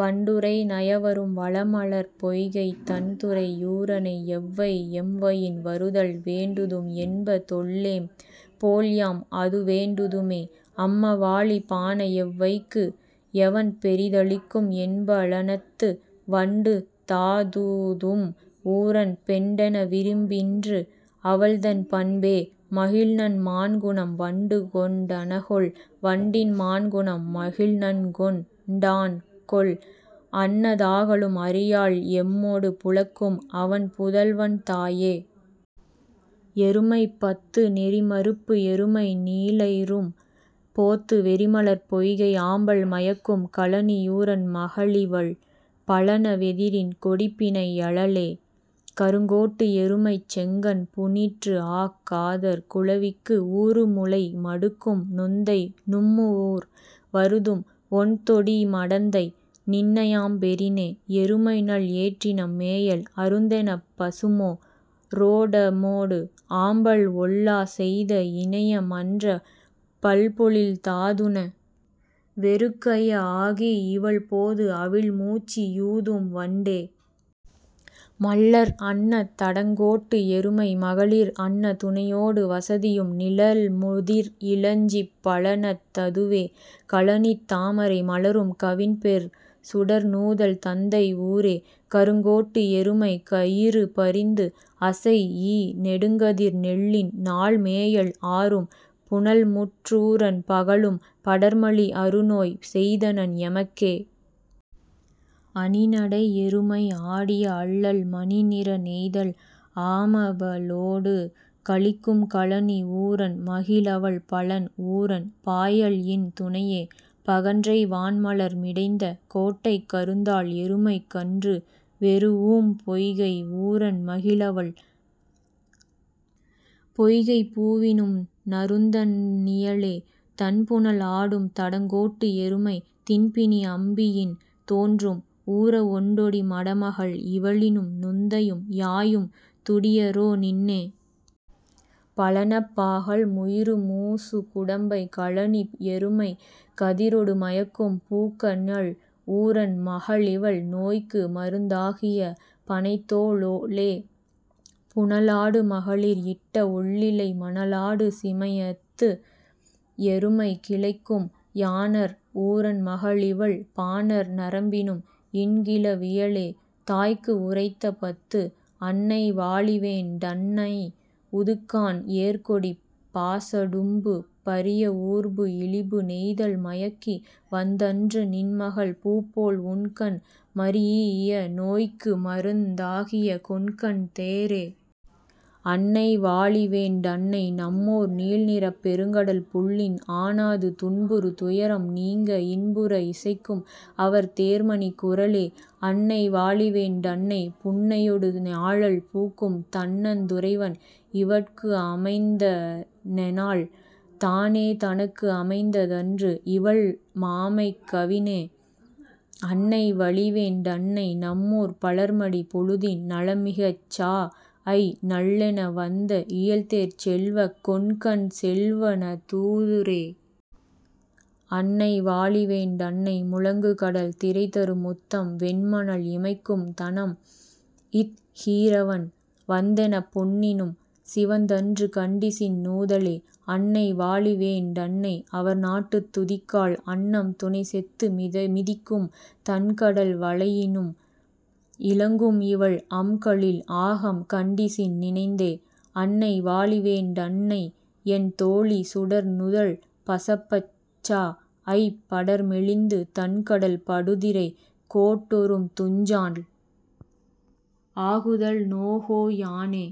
வண்டுறை நயவரும் வளமலர்ப் பொய்கைத் தண்துறை யூரனை எவ்வை எம்வயின் வருதல் வேண்டுதும் என்ப தொல்லேம் போல்யாம் அதுவேண் டுதுமே. அம்மவாழி பாண எவ்வைக்கு எவன் பெரி தளிக்கும் என்ப பழனத்து வண்டு தாதூதும் ஊரன் பெண்டென விரும்பின்று அவள்தன் பண்பே. மகிழ்நன் மாண்குணம் வண்டுகொண் டனகொல் வண்டின் மாண்குணம் மகிழ்நன்கொண் டான்கொல் அன்ன தாகலும் அறியாள் எம்மொடு புலக்கும்அவன் புதல்வன் தாயே.. எருமைப் பத்து நெறிமருப்பு எருமை நீலைரும் போத்து வெறிமலர்ப் பொய்கை ஆம்பல் மயக்கும் கழனியூரன் மகளிவள் பழன வெதிரின் கொடிப்பிணை யலளே. கருங்கோட்டு எருமைச் செங்கண் புனிற்றுஆக் காதற் குழவிக்கு ஊறுமுலை மடுக்கும் நுந்தை நும்மூர் வருதும் ஒண்தொடி மடந்தை நின்னையாம் பெறினே. எருமைநல் ஏற்றினம் மேயல் அருந்தெனப் பசுமோ ரோடமோடு ஆம்பல் ஒல்லா செய்த இனைய மன்ற பல்பொழில் தாதுண வெறுக்கைய ஆகி இவள் போதுஅவிழ் முச்சி யூதும் வண்டே. மள்ளர் அன்ன தடங்கோட்டு எருமை மகளிர் அன்ன துணையோடு வதியும் நிழல்முதிர் இலஞ்சிப் பழனத் ததுவே கழனித் தாமரை மலரும் கவின்பெறு சுடர்நூதல் தந்தை ஊரே. கருங்கோட்டு எருமை கயிறுபரிந்து அசைஇ நெடுங்கதிர் நெல்லின் நாள்மேயல் ஆரும் புனல்முற் றூரன் பகலும் படர்மலி அருநோய் செய்தனன் எமக்கே. அணிநடை எருமை ஆடிய அள்ளல் மணிநிற நெய்தல் ஆமபலொடு கலிக்கும் கழனி ஊரன் மகளிவள் பழன் ஊரன் பாயல்இன் துணையே. பகன்றை வான்மலர் மிடைந்த கோட்டைக் கருந்தாள் எருமைக் கன்று வெரூஉம் பொய்கை ஊரன் மகளிவள் பொய்கைப் பூவினும் நறுந்தண் ணியளே. தண்புணல் ஆடும் தடங்கோட்டு எருமை திண்பிணி அம்பியின் தோன்றும் ஊர ஒண்டொடி மடமகள் இவளினும் நுந்தையும் யாயும் துடியரோ நின்னே. பழனப் பாகல் முயிறுமூசு குடம்பை கழனி யெருமை கதிரொடு மயக்கும் பூக்கஞல் ஊரன் மகளிவள் நோய்க்குமருந் தாகிய பணைத்தோ ளோளே. புனலாடு மகளிர் இட்ட ஒள்ளிழை மணலாடு சிமையத்து எருமை கிளைக்கும் யாணர் ஊரன் மகளிவள் பாணர் நரம்பினும் இன்கிள வியளே..தாய்க்கு உரைத்த பத்து. அன்னை வாழிவேண் டன்னை உதுக்காண் ஏர்கொடிப் பாசடும்பு பரியஊர்பு இழிபு நெய்தல் மயக்கி வந்தன்று நின்மகள் பூப்போல் உண்கண் மரீஇய நோய்க்குமருந் தாகிய கொண்கன் தேரே. அன்னை வாழிவேண் டன்னை நம்மூர் நீல்நிறப் பெருங்கடல் புள்ளின் ஆனாது துன்புறு துயரம் நீங்க இன்புற இசைக்கும் அவர் தேர்மணிக் குரலே. அன்னை வாழிவேண் டன்னை புன்னையொடு ஞாழல் பூக்கும் தண்ணந் துறைவன் இவட்குஅமைந் தனெனால் தானே தனக்கு அமைந்த தன்றுஇவள் மாமைக் கவினே. அன்னை வழிவேண் டன்னை நம்மூர்ப் பலர்மடி பொழுதின் நலம்மிகச் சாஅய் நள்ளென வந்த இயல்தேர்ச் செல்வக் கொண்கன் செல்வனஃ தூரே. அன்னை வாழிவேண் டன்னை முழங்குகடல் திரைதரு முத்தம் வெண்மணல் இமைக்கும் தணம் த்ஹுறவன் வந்தெனப் பொன்னினும் சிவந்தன்று கண்டிசின் நூதலே. அன்னை வாழிவேண் டன்னை அவர்நாட்டுத் துதிக்கால் அன்னம் துணைசெத்து மிதிக்கும் தன்கடல் வளையினும் இலங்கும்இவள் அம்கலிழ் ஆகம் கண்டிசின் நினைந்தே. அன்னை வாழிவேண் டன்னைஎன் தோழி சுடர்நுதல் பசப்பச் சாஅய்ப் படர்மெலிந்து தண்கடல் படுதிரை கேட்டொறும் துஞ்சாள் ஆகுதல் நோகோ யானே.